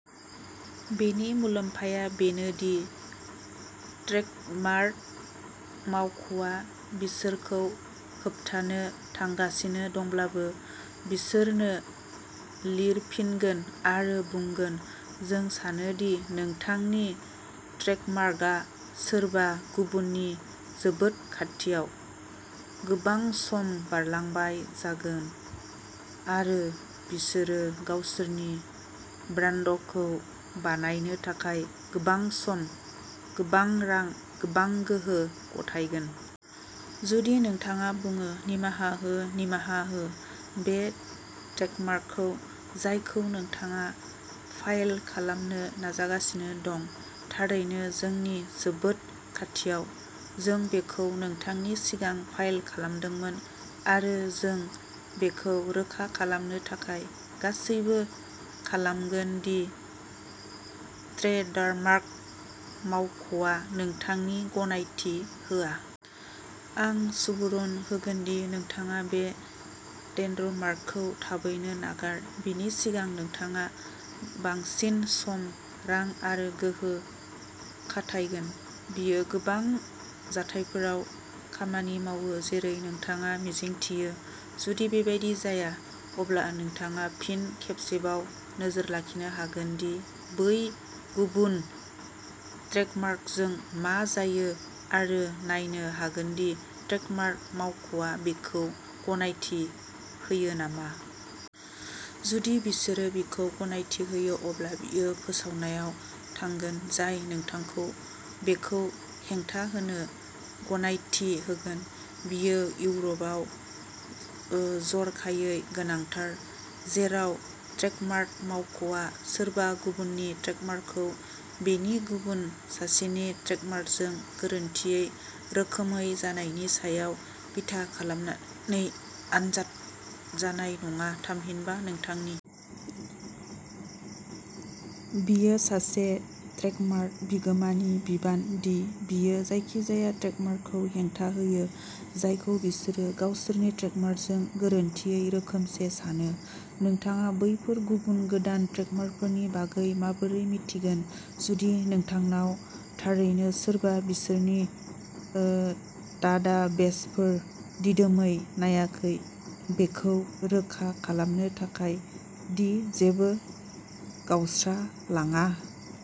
बेनि मुलाम्फाया बेनो दि ट्रेडमार्क मावख'आ बिसोरखौ होबथानो थांगासिनो दंब्लाबो, बिसोरनो लिरफिनगोन आरो बुंगोन, "जों सानो दि नोंथांनि ट्रेडमार्कआ सोरबा गुबुननि जोबोद खाथियाव", गोबां सम बारलांबाय जागोन आरो बिसोरो गावसोरनि ब्रान्डखौ बानायनो थाखाय गोबां सम, गोबां रां, गोबां गोहो खाथायगोन। जुदि नोंथाङा बुङो, "निमाहा हो, निमाहा हो, बे ट्रेडमार्क जायखौ नोंथाङा फाइल खालामनो नाजागासिनो दं, थारैनो जोंनि जोबोद खाथियाव। जों बेखौ नोंथांनि सिगां फाइल खालामदोंमोन आरो जों बेखौ रोखा खालामनो थाखाय गासैबो खालामगोन दि ट्रेडमार्क मावख'आ नोंथांनि गनायथि होआ। आं सुबुरुन होगोन दि नोंथाङा बे ट्रेडमार्कखौ थाबैनो नागार, बेनि सिगां नोंथाङा बांसिन सम, रां आरो गोहो खाथायगोन। " बेयो गोबां जाथायफोराव खामानि मावो-जेरै नोंथाङा मिजिंथियो। जुदि बेबादि जाया, अब्ला नोंथाङा फिन खेबसेबाव नोजोर लाखिनो हागोन दि बै गुबुन ट्रेडमार्कजों मा जायो आरो नायनो हागोन दि ट्रेडमार्क मावख'आ बेखौ गनायथि होयो नामा। जुदि बिसोरो बेखौ गनायथि होयो, अब्ला बेयो फोसावनायाव थांगोन, जाय नोंथांखौ बेखौ हेंथा होनो गनायथि होगोन। बेयो इउर'पआव जर'खायै गोनांथार, जेराव ट्रेडमार्क मावख'आ सोरबा गुबुननि ट्रेडमार्कखौ बेनि गुबुन सासेनि ट्रेडमार्कजों गोरोन्थियै रोखोमसे जानायनि सायाव बिथा खालामनानै आनजाद नायनाय नङा, थामहिनबा नोंथांनि। बेयो सासे ट्रेडमार्क बिगोमानि बिबान दि बियो जायखिजाया ट्रेडमार्कखौ हेंथा होयो, जायखौ बिसोरो गावसोरनि ट्रेडमार्कजों गोरोन्थियै रोखोमसे सानो। नोंथाङा बैफोर गुबुन गोदान ट्रेडमार्कफोरनि बागै माबोरै मिन्थिगोन जुदि नोंथांनाव थारैनो सोरबा बिसोरनि डाटाबेसखौ दिदोमै नायाखै, बेखौ रोखा खालामनो थाखाय दि जेबो गावस्रालाङा?